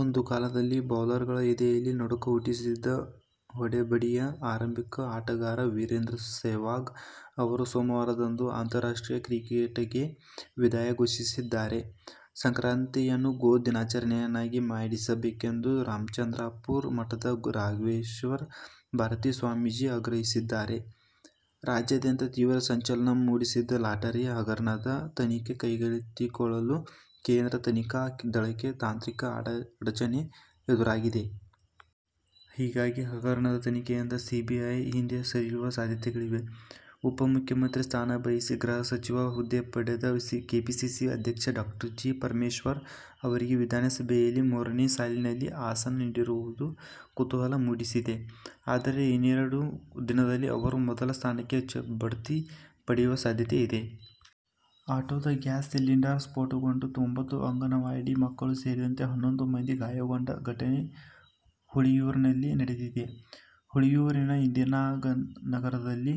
ಒಂದು ಕಾಲದಲ್ಲಿ ಬೌಲರ್ಗಳ ಎದೆಯಲ್ಲಿ ನಡುಕ ಹುಟ್ಟಿಸಿದ್ದ ಹೊಡೆಬಡಿಯ ಆರಂಭಿಕ ಆಟಗಾರ ವೀರೇಂದ್ರ ಸೆಹ್ವಾಗ್ ಅವರು ಸೋಮವಾರದಂದು ಅಂತಾರಾಷ್ಟ್ರೀಯ ಕ್ರಿಕೆಟಿಗೆ ವಿದಾಯ ಘೋಷಿಸಿದ್ದಾರೆ. ಸಂಕ್ರಾತಿಯನ್ನು ಗೋ ದಿನಾಚರಣೆಯನ್ನಾಗಿ ಘೋಷಿಸಬೇಕೆಂದು ರಾಮಚಂದ್ರಾಪುರ ಮಠದ ರಾಘವೇಶ್ವರ ಭಾರತೀ ಸ್ವಾಮೀಜಿ ಆಗ್ರಹಿಸಿದ್ದಾರೆ. ರಾಜ್ಯಾದ್ಯಂತ ತೀವ್ರ ಸಂಚಲನ ಮೂಡಿಸಿದ್ದ ಲಾಟರಿ ಹಗರಣದ ತನಿಖೆ ಕೈಗೆತ್ತಿಕೊಳ್ಳಲು ಕೇಂದ್ರ ತನಿಖಾ ದಳಕ್ಕೆ ತಾಂತ್ರಿಕ ಅಡಚಣೆ ಎದುರಾಗಿದೆ. ಹೀಗಾಗಿ ಹಗರಣದ ತನಿಖೆಯಿಂದ ಸಿಬಿಐ ಹಿಂದೆ ಸರಿಯುವ ಸಾಧ್ಯತೆಗಳಿವೆ. ಉಪ ಮುಖ್ಯಮಂತ್ರಿ ಸ್ಥಾನ ಬಯಸಿ ಗೃಹ ಸಚಿವ ಹುದ್ದೆ ಪಡೆದ ಕೆಪಿಸಿಸಿ ಅಧ್ಯಕ್ಷ ಡಾ ಜಿ. ಪರಮೇಶ್ವರ್ ಅವರಿಗೆ ವಿಧಾನಸಭೆಯಲ್ಲಿ ಮೂರನೇ ಸಾಲಿನಲ್ಲಿ ಆಸನ ನೀಡಿರುವುದು ಕುತೂಹಲ ಮೂಡಿಸಿದೆ. ಆದರೆ ಇನ್ನೆರಡು ದಿನದಲ್ಲಿ ಅವರು ಮೊದಲ ಸ್ಥಾನಕ್ಕೆ ಭಡ್ತಿ ಪಡೆಯುವ ಸಾಧ್ಯತೆ ಇದೆ. ಆಟೋದ ಗ್ಯಾಸ್ ಸಿಲಿಂಡರ್ ಸ್ಫೋಟಗೊಂಡು ಒಂಬತ್ತು ಅಂಗನವಾಡಿ ಮಕ್ಕಳು ಸೇರಿದಂತೆ ಹನ್ನೊಂದು ಮಂದಿ ಗಾಯಗೊಂಡ ಘಟನೆ ಹುಳಿಯೂರಿನಲ್ಲಿ ನಡೆದಿದೆ. ಹುಳಿಯೂರಿನ ಇಂದಿರಾನಗರದಲ್ಲಿ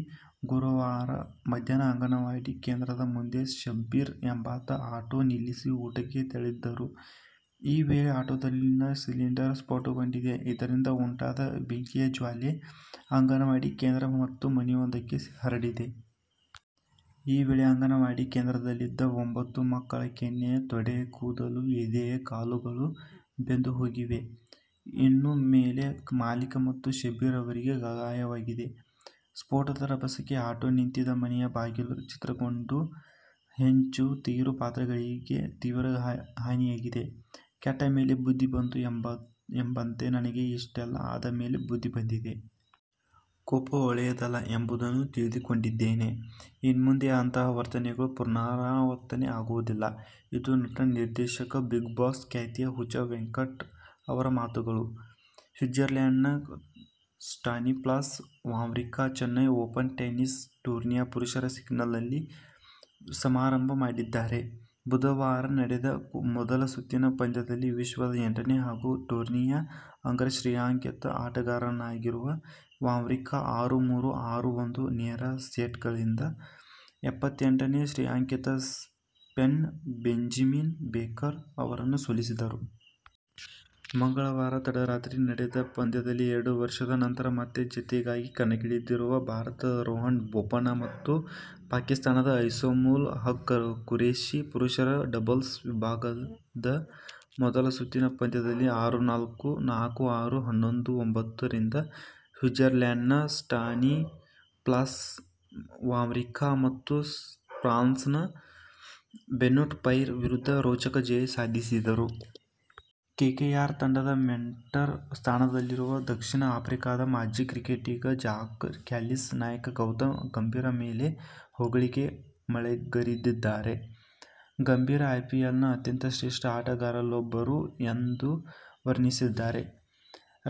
ಗುರುವಾರ ಮಧ್ಯಾಹ್ನ ಅಂಗನವಾಡಿ ಕೇಂದ್ರದ ಮುಂದೆ ಶಬ್ಬೀರ್ ಎಂಬಾತ ಆಟೋ ನಿಲ್ಲಿಸಿ ಊಟಕ್ಕೆ ತೆರಳಿದ್ದರು. ಈ ವೇಳೆ ಆಟೋದಲ್ಲಿನ ಸಿಲಿಂಡರ್ ಸ್ಫೋಟಗೊಂಡಿದೆ. ಇದರಿಂದ ಉಂಟಾದ ಬೆಂಕಿಯ ಜ್ವಾಲೆ ಅಂಗನವಾಡಿ ಕೇಂದ್ರ ಮತ್ತು ಮನೆಯೊಂದಕ್ಕೆ ಹರಡಿದೆ. ಈ ವೇಳೆ ಅಂಗನವಾಡಿ ಕೇಂದ್ರದಲ್ಲಿದ್ದ ಒಂಬತ್ತು ಮಕ್ಕಳ ಕೆನ್ನೆ, ತೊಡೆ, ಕೂದಲು, ಎದೆ, ಕಾಲುಗಳು ಬೆಂದುಹೋಗಿವೆ. ಇನ್ನು ಮನೆ ಮಾಲೀಕ ಮತ್ತು ಶಬ್ಬೀರ್ ಅವರಿಗೂ ಗಾಯವಾಗಿದೆ. ಸ್ಫೋಟದ ರಭಸಕ್ಕೆ ಆಟೋ ನಿಂತಿದ್ದ ಮನೆಯ ಬಾಗಿಲು ಛಿದ್ರಗೊಂಡು ಹೆಂಚು, ತೀರು, ಪಾತ್ರೆಗಳಿಗೆ ತೀವ್ರ ಹಾನಿಯಾಗಿದೆ. ಕೆಟ್ಟ ಮೇಲೆ ಬುದ್ಧಿ ಬಂತು ಎಂಬಂತೆ ನನಗೆ ಇಷ್ಟೆಲ್ಲಾ ಆದ ಮೇಲೆ ಬುದ್ದಿ ಬಂದಿದೆ. ಕೋಪ ಒಳ್ಳೆಯದಲ್ಲ ಎಂಬುದನ್ನು ತಿಳಿದುಕೊಂಡಿದ್ದೇನೆ. ಇನ್ಮುಂದೆ ಅಂತಹ ವರ್ತನೆಗಳು ಪುನರಾವರ್ತನೆ ಆಗೋದಿಲ್ಲ ಇದು ನಟ, ನಿರ್ದೇಶಕ, ಬಿಗ್ ಬಾಸ್ ಖ್ಯಾತಿಯ ಹುಚ್ಚ ವೆಂಕಟ್ ಅವರ ಮಾತುಗಳು. ಸ್ವಿಟ್ಜರ್ಲೆಂಡ್ನ Stanislas Wawrinka Chennai Open tennis ಟೂರ್ನಿಯ ಪುರುಷರ ಸಿಂಗಲ್ಸ್ನಲ್ಲಿ ಶುಭಾರಂಭ ಮಾಡಿದ್ದಾರೆ. ಬುಧವಾರ ನಡೆದ ಮೊದಲ ಸುತ್ತಿನ ಪಂದ್ಯದಲ್ಲಿ ವಿಶ್ವದ ಎಂಟನೇ ಹಾಗೂ ಟೂರ್ನಿಯ ಅಗ್ರಶ್ರೇಯಾಂಕಿತ ಆಟಗಾರನಾಗಿರುವ ವಾವ್ರಿಂಕಾ ಆರು-ಮೂರು, ಆರು-ಒಂದು ನೇರ ಸೆಟ್ಗಳಿಂದ ಎಪ್ಪತ್ತೆಂಟನೇ ಶ್ರೇಯಾಂಕಿತ ಸ್ಪೇನ್ನ ಬೆಂಜಮಿನ್ ಬೇಕರ್ ಅವರನ್ನು ಸೋಲಿಸಿದರು. ಮಂಗಳವಾರ ತಡರಾತ್ರಿ ನಡೆದ ಪಂದ್ಯದಲ್ಲಿ ಎರಡು ವರ್ಷದ ನಂತರ ಮತ್ತೆ ಜತೆಯಾಗಿ ಕಣಕ್ಕಿಳಿದಿರುವ ಭಾರತದ ರೋಹನ್ ಬೋಪಣ್ಣ ಮತ್ತು ಪಾಕಿಸ್ತಾನದ ಐಸಾಮುಲ್ ಹಕ್- ಖುರೇಷಿ ಪುರುಷರ ಡಬಲ್ಸ್ ವಿಭಾಗದ ಮೊದಲ ಸುತ್ತಿನ ಪಂದ್ಯದಲ್ಲಿ ಆರು-ನಾಲ್ಕು, ನಾಲ್ಕು- ಆರು, ಹನ್ನೊಂದು-ಒಂಬತ್ತು ರಿಂದ ಸ್ವಿಜರ್ಲೆಂಡ್ನ ಸ್ಲಾನಿಸ್ಲಾಸ್ ವಾವ್ರಿಂಕಾ ಮತ್ತು ಫ್ರಾನ್ಸ್ನ ಬೆನೊಟ್ ಪೈರ್ ವಿರುದ್ಧ ರೋಚಕ ಜಯ ಸಾಧಿಸಿದರು. ಕೆಕೆಆರ್ ತಂಡದ ಮೆಂಟರ್ ಸ್ಥಾನದಲ್ಲಿರುವ ದಕ್ಷಿಣ ಆಫ್ರಿಕಾದ ಮಾಜಿ ಕ್ರಿಕೆಟಿಗ ಜಾಕ್ ಕ್ಯಾಲಿಸ್, ನಾಯಕ ಗೌತಮ್ ಗಂಭೀರ್ ಮೇಲೆ ಹೊಗಳಿಕೆಯ ಮಳೆಗರೆದಿದ್ದಾರೆ. ಗಂಭೀರ್ ಐಪಿಎಲ್ನ ಅತ್ಯಂತ ಶ್ರೇಷ್ಠ ಆಟಗಾರರಲ್ಲೊಬ್ಬರು ಎಂದು ವರ್ಣಿಸಿದ್ದಾರೆ.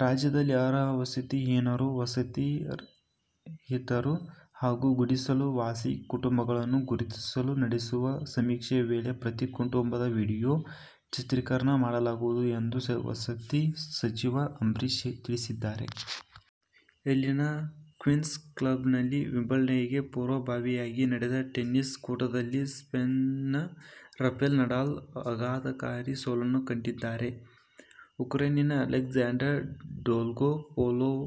ರಾಜ್ಯದಲ್ಲಿ ಅರ್ಹ ವಸತಿ ಹೀನರು, ವಸತಿರಹಿತರು ಹಾಗೂ ಗುಡಿಸಲು ವಾಸಿ ಕುಟುಂಬಗಳನ್ನು ಗುರುತಿಸಲು ನಡೆಸುವ ಸಮೀಕ್ಷೆ ವೇಳೆ ಪ್ರತಿ ಕುಟುಂಬದ ವಿಡಿಯೋ ಚಿತ್ರೀಕರಣ ಮಾಡಲಾಗುವುದು ಎಂದು ವಸತಿ ಸಚಿವ ಅಂಬರೀಶ್ ತಿಳಿಸಿದ್ದಾರೆ. ಇಲ್ಲಿನ ಕ್ವೀನ್ಸ್ ಕ್ಲಬ್ನಲ್ಲಿ ವಿಂಬಲ್ಡನ್ಗೆ ಪೂರ್ವಭಾವಿಯಾಗಿ ನಡೆದ ಟೆನ್ನಿಸ್ ಕೂಟದಲ್ಲಿ ಸ್ಪೇನ್ನ ರಫೆಲ್ ನಡಾಲ್ ಆಘಾತಕಾರಿ ಸೋಲನ್ನು ಕಂಡಿದ್ದಾರೆ. ಉಕ್ರೈನಿನ ಅಲೆಕ್ಸಾಂಡರ್ ಡೊಲ್ಗೊಪೋಲೋವ್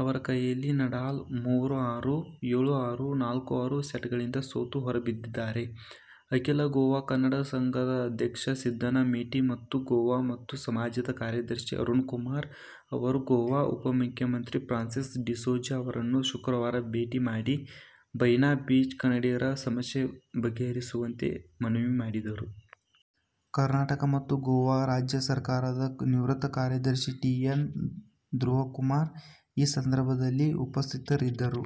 ಅವರ ಕೈಯಲ್ಲಿ ನಡಾಲ್ ಮೂರು-ಆರು, ಏಳು-ಆರು, ನಾಲ್ಕು-ಆರು ಸೆಟ್ಗಳಿಂದ ಸೋತು ಹೊರಬಿದ್ದಿದ್ದಾರೆ. ಅಖಿಲ ಗೋವಾ ಕನ್ನಡ ಸಂಘದ ಅಧ್ಯಕ್ಷ ಸಿದ್ದಣ್ಣ ಮೇಟಿ ಮತ್ತು ಗೋವಾ ಕನ್ನಡ ಸಮಾಜದ ಕಾರ್ಯದರ್ಶಿ ಅರುಣಕುಮಾರ ಅವರು ಗೋವಾ ಉಪಮುಖ್ಯಮಂತ್ರಿ ಫ್ರಾನ್ಸಿಸ್ ಡಿಸೋಜಾ ಅವರನ್ನು ಶುಕ್ರವಾರ ಭೇಟಿ ಮಾಡಿ ಬೈನಾ ಬೀಚ್ ಕನ್ನಡಿಗರ ಸಮಸ್ಯೆ ಬಗೆಹರಿಸುವಂತೆ ಮನವಿ ಮಾಡಿದರು. ಕರ್ನಾಟಕ ಮತ್ತು ಗೋವಾ ರಾಜ್ಯ ಸರ್ಕಾರದ ನಿವೃತ್ತ ಕಾರ್ಯದರ್ಶಿ ಟಿ. ಎನ್. ಧ್ರುವಕುಮಾರ ಈ ಸಂದರ್ಭದಲ್ಲಿ ಉಪಸ್ಥಿತರಿದ್ದರು.